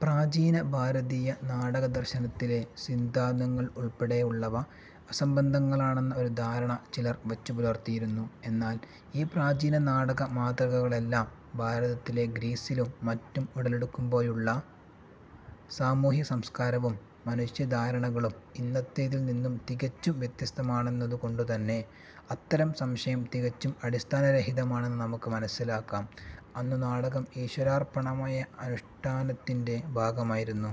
പ്രാചീന ഭാരതീയ നാടകദർശനത്തിലെ സിദ്ധാന്തങ്ങൾ ഉൾപ്പെടെയുള്ളവ അസംബന്ധങ്ങളാണെന്ന ഒരു ധാരണ ചിലർ വച്ചുപുലർത്തിയിരുന്നു. എന്നാൽ ഈ പ്രാചീന നാടകമാതൃകകളെല്ലാം ഭാരതത്തിലും ഗ്രീസിലും മറ്റും ഉടലെടുക്കുമ്പോഴുള്ള സാമൂഹ്യ സംസ്കാരവും മനുഷ്യധാരണകളും ഇന്നത്തേതിൽനിന്നും തികച്ചും വ്യത്യസ്തമാണെന്നതുകൊണ്ടുതന്നെ അത്തരം സംശയം തികച്ചും അടിസ്ഥാനരഹിതമാണെന്ന് നമുക്ക് മനസ്സിലാക്കാം. അന്നു നാടകം ഈശ്വരാർപ്പണമായ അനുഷ്ഠാനത്തിന്റെ ഭാഗമായിരുന്നു.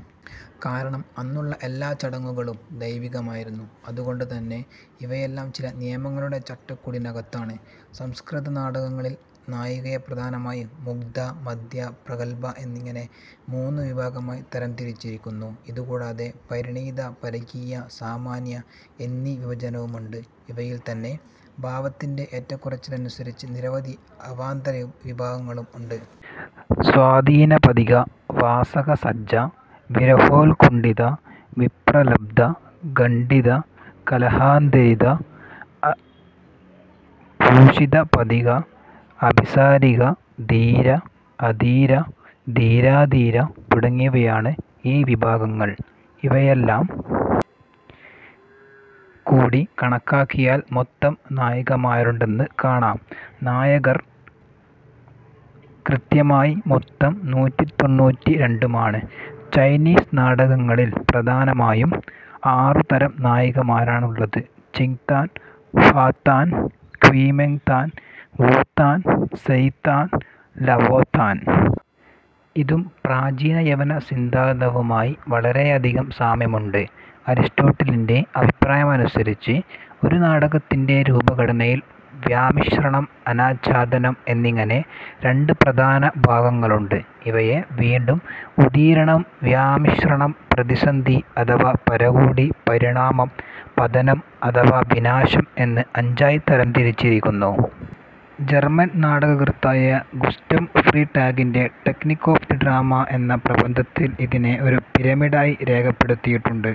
കാരണം അന്നുള്ള എല്ലാ ചടങ്ങുകളും ദൈവികമായിരുന്നു. അതുകൊണ്ട് തന്നെ ഇവയെല്ലാം ചില നിയമങ്ങളുടെ ചട്ടക്കൂടിനകത്താണ്. സംസ്കൃത നാടകങ്ങളിൽ നായികയെ പ്രധാനമായും മുഗ്ധ, മധ്യ, പ്രഗല്ഭ എന്നിങ്ങനെ മൂന്നുവിഭാഗമായി തരം തിരിച്ചിരിക്കുന്നു. ഇതുകൂടാതെ പരിണീത, പരകീയ, സാമാന്യ എന്നീ വിഭജനവുമുണ്ട്. ഇവയിൽത്തന്നെ ഭാവത്തിന്റെ ഏറ്റക്കുറച്ചിലനുസരിച്ച് നിരവധി അവാന്തരവിഭാഗങ്ങളും ഉണ്ട്. സ്വാധീനപതിക, വാസകസജ്ജ, വിരഹോൽക്കുണ്ഠിത, വിപ്രലബ്ധ, ഖണ്ഡിത, കലഹാന്തരിത, പോഷിതപതിക, അഭിസാരിക, ധീര, അധീര, ധീരാധീര തുടങ്ങിയവയാണ് ഈ വിഭാഗങ്ങൾ. ഇവയെല്ലാം കൂടി കണക്കാക്കിയാൽ മൊത്തം നായികമാരുണ്ടെന്ന് കാണാം. നായകർ കൃത്യമായി മൊത്തം നൂറ്റിത്തൊണ്ണൂറ്റി രണ്ടുമാണ്. ചൈനീസ് നാടകങ്ങളിൽ പ്രധാനമായും ആറു തരം നായികമാരാണുള്ളത്. ചിങ് താൻ, ഹ്വാതാൻ, ക്വിയിമെങ് താൻ, വൂത്താൻ, സയ്ത്താൻ, ലവോത്താൻ. ഇതും പ്രാചീന യവന സിദ്ധാന്തവുമായി വളരെയധികം സാമ്യമുണ്ട്. അരിസ്റ്റോട്ടിലിന്റെ അഭിപ്രായമനുസരിച്ച് ഒരു നാടകത്തിന്റെ രൂപഘടനയിൽ വ്യാമിശ്രണം, അനാച്ഛാദനം എന്നിങ്ങനെ രണ്ട് പ്രധാന ഭാഗങ്ങളുണ്ട്. ഇവയെ വീണ്ടും ഉദീരണം, വ്യാമിശ്രണം, പ്രതിസന്ധി അഥവാ പരകോടി, പരിണാമം, പതനം അഥവാ വിനാശം എന്ന് അഞ്ചായി തരംതിരിച്ചിരിക്കുന്നു. ജെർമൻ നാടകകൃത്തായ ഗുസ്റ്റവ് ഫ്രീ ടാഗിന്റെ ടെക്നിക് ഒഫ് ദ് ഡ്രാമ എന്ന പ്രബന്ധത്തിൽ ഇതിനെ ഒരു പിരമിഡായി രേഖപ്പെടുത്തിയിട്ടുണ്ട്.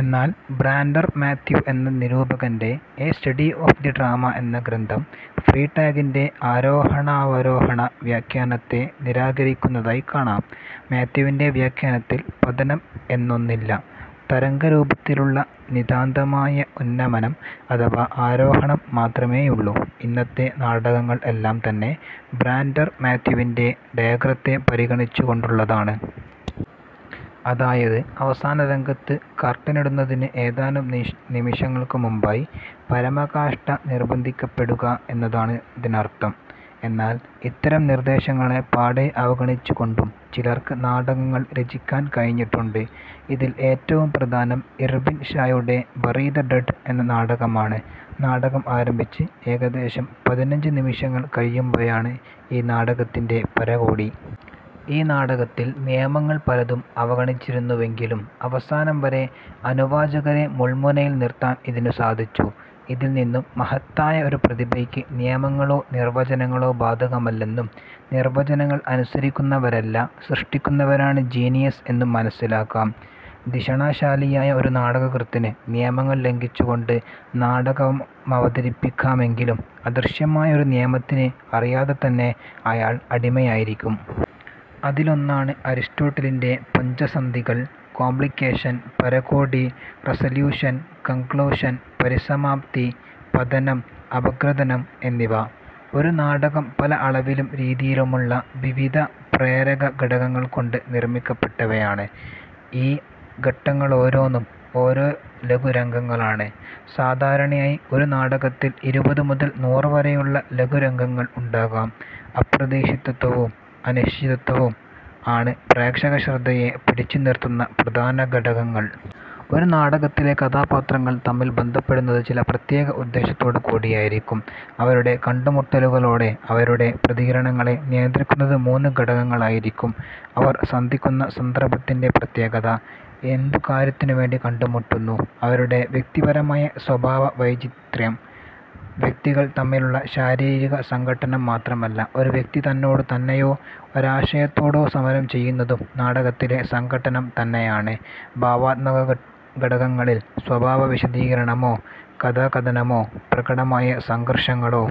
എന്നാൽ ബ്രാൻഡർ മാത്യു എന്ന നിരൂപകന്റെ A Study of the Drama എന്ന ഗ്രന്ഥം ഫ്രീടാഗിന്റെ ആരോഹണാവരോഹണ വ്യാഖ്യാനത്തെ നിരാകരിക്കുന്നതായി കാണാം. മാത്യുവിന്റെ വ്യാഖ്യാനത്തിൽ പതനം എന്നൊന്നില്ല. തരംഗരൂപത്തിലുള്ള നിതാന്തമായ ഉന്നമനം അഥവാ ആരോഹണം മാത്രമേയുള്ളൂ. ഇന്നത്തെ നാടകങ്ങൾ എല്ലാം തന്നെ ബ്രാൻഡർ മാത്യുവിന്റെ ഡയഗ്രത്തെ പരിഗണിച്ചുകൊണ്ടുള്ളതാണ്. അതായത്, അവസാനരംഗത്ത് കർട്ടനിടുന്നതിന് ഏതാനും നിമിഷങ്ങൾക്കു മുമ്പായി പരമകാഷ്ഠ നിർബന്ധിക്കപ്പെടുക എന്നതാണിതിനർഥം. എന്നാൽ ഇത്തരം നിർദ്ദേശങ്ങളെ പാടെ അവഗണിച്ചുകൊണ്ടും ചിലർക്ക് നാടകങ്ങൾ രചിക്കാൻ കഴിഞ്ഞിട്ടുണ്ട്. ഇതിൽ ഏറ്റവും പ്രധാനം ഇർവിൻ ഷായുടെ ബറി ദ ഡഡ് എന്ന നാടകമാണ്. നാടകം ആരംഭിച്ച് ഏകദേശം പതിനഞ്ച് നിമിഷങ്ങൾ കഴിയുമ്പോഴാണ് ഈ നാടകത്തിന്റെ പരകോടി. ഈ നാടകത്തിൽ നിയമങ്ങൾ പലതും അവഗണിച്ചിരുന്നുവെങ്കിലും അവസാനം വരെ അനുവാചകരെ മുൾമുനയിൽ നിർത്താൻ ഇതിനു സാധിച്ചു. ഇതിൽനിന്നും മഹത്തായ ഒരു പ്രതിഭയ്ക്ക് നിയമങ്ങളോ നിർവചനങ്ങളോ ബാധകമല്ലെന്നും നിർവചനങ്ങൾ അനുസരിക്കുന്നവരല്ല, സൃഷ്ടിക്കുന്നവരാണ് ജീനിയസ്സ് എന്നും മനസ്സിലാക്കാം. ധിഷണാശാലിയായ ഒരു നാടകകൃത്തിന് നിയമങ്ങൾ ലംഘിച്ചുകൊണ്ട് നാടകമവതരിപ്പിക്കാമെങ്കിലും അദൃശ്യമായ ഒരു നിയമത്തിന് അറിയാതെ തന്നെ അയാൾ അടിമയായിരിക്കും. അതിലൊന്നാണ് അരിസ്റ്റോട്ടിലിന്റെ പഞ്ചസന്ധികൾ, കോംപ്ലിക്കേഷൻ, പരകോടി, റസല്യൂഷൻ, കൺക്ളൂഷൻ-പരിസമാപ്തി-പതനം, അപഗ്രഥനം എന്നിവ. ഒരു നാടകം പല അളവിലും രീതിയിലുമുള്ള വിവിധ പ്രേരകഘടങ്ങൾ കൊണ്ട് നിർമ്മിക്കപ്പെട്ടവയാണ്. ഈ ഘടകങ്ങളോരോന്നും ഓരോ ലഘുരംഗങ്ങളാണ്. സാധാരണയായി ഒരു നാടകത്തിൽ ഇരുപതു മുതൽ നൂറുവരെയുള്ള ലഘുരംഗങ്ങൾ ഉണ്ടാകാം. അപ്രതീക്ഷിതത്വവും, അനിശ്ചിതത്വവും ആണ് പ്രേക്ഷകശ്രദ്ധയെ പിടിച്ചു നിർത്തുന്ന പ്രധാന ഘടകങ്ങൾ. ഒരു നാടകത്തിലെ കഥാപാത്രങ്ങൾ തമ്മിൽ ബന്ധപ്പെടുന്നത് ചില പ്രത്യേക ഉദ്ദേശത്തോടുകൂടിയായിരിക്കും. അവരുടെ കണ്ടുമുട്ടലുകളോടെ അവരുടെ പ്രതികരണങ്ങളെ നിയന്ത്രിക്കുന്നത് മൂന്ന് ഘടകങ്ങളായിരിക്കും അവർ സന്ധിക്കുന്ന സന്ദർഭത്തിന്റെ പ്രത്യേകത; എന്തു കാര്യത്തിനുവേണ്ടി കണ്ടുമുട്ടുന്നു; അവരുടെ വ്യക്തിപരമായ സ്വഭാവ വൈചിത്ര്യം. വ്യക്തികൾ തമ്മിലുള്ള ശാരീരിക സംഘട്ടനം മാത്രമല്ല; ഒരു വ്യക്തി തന്നോടു തന്നെയോ ഒരാശയത്തോടോ സമരം ചെയ്യുന്നതും നാടകത്തിലെ സംഘട്ടനം തന്നെയാണ്. ഭാവാത്മക ഘടകങ്ങളിൽ സ്വഭാവ വിശദീകരണമോ, കഥാകഥനമോ, പ്രകടമായ സംഘർഷങ്ങളോ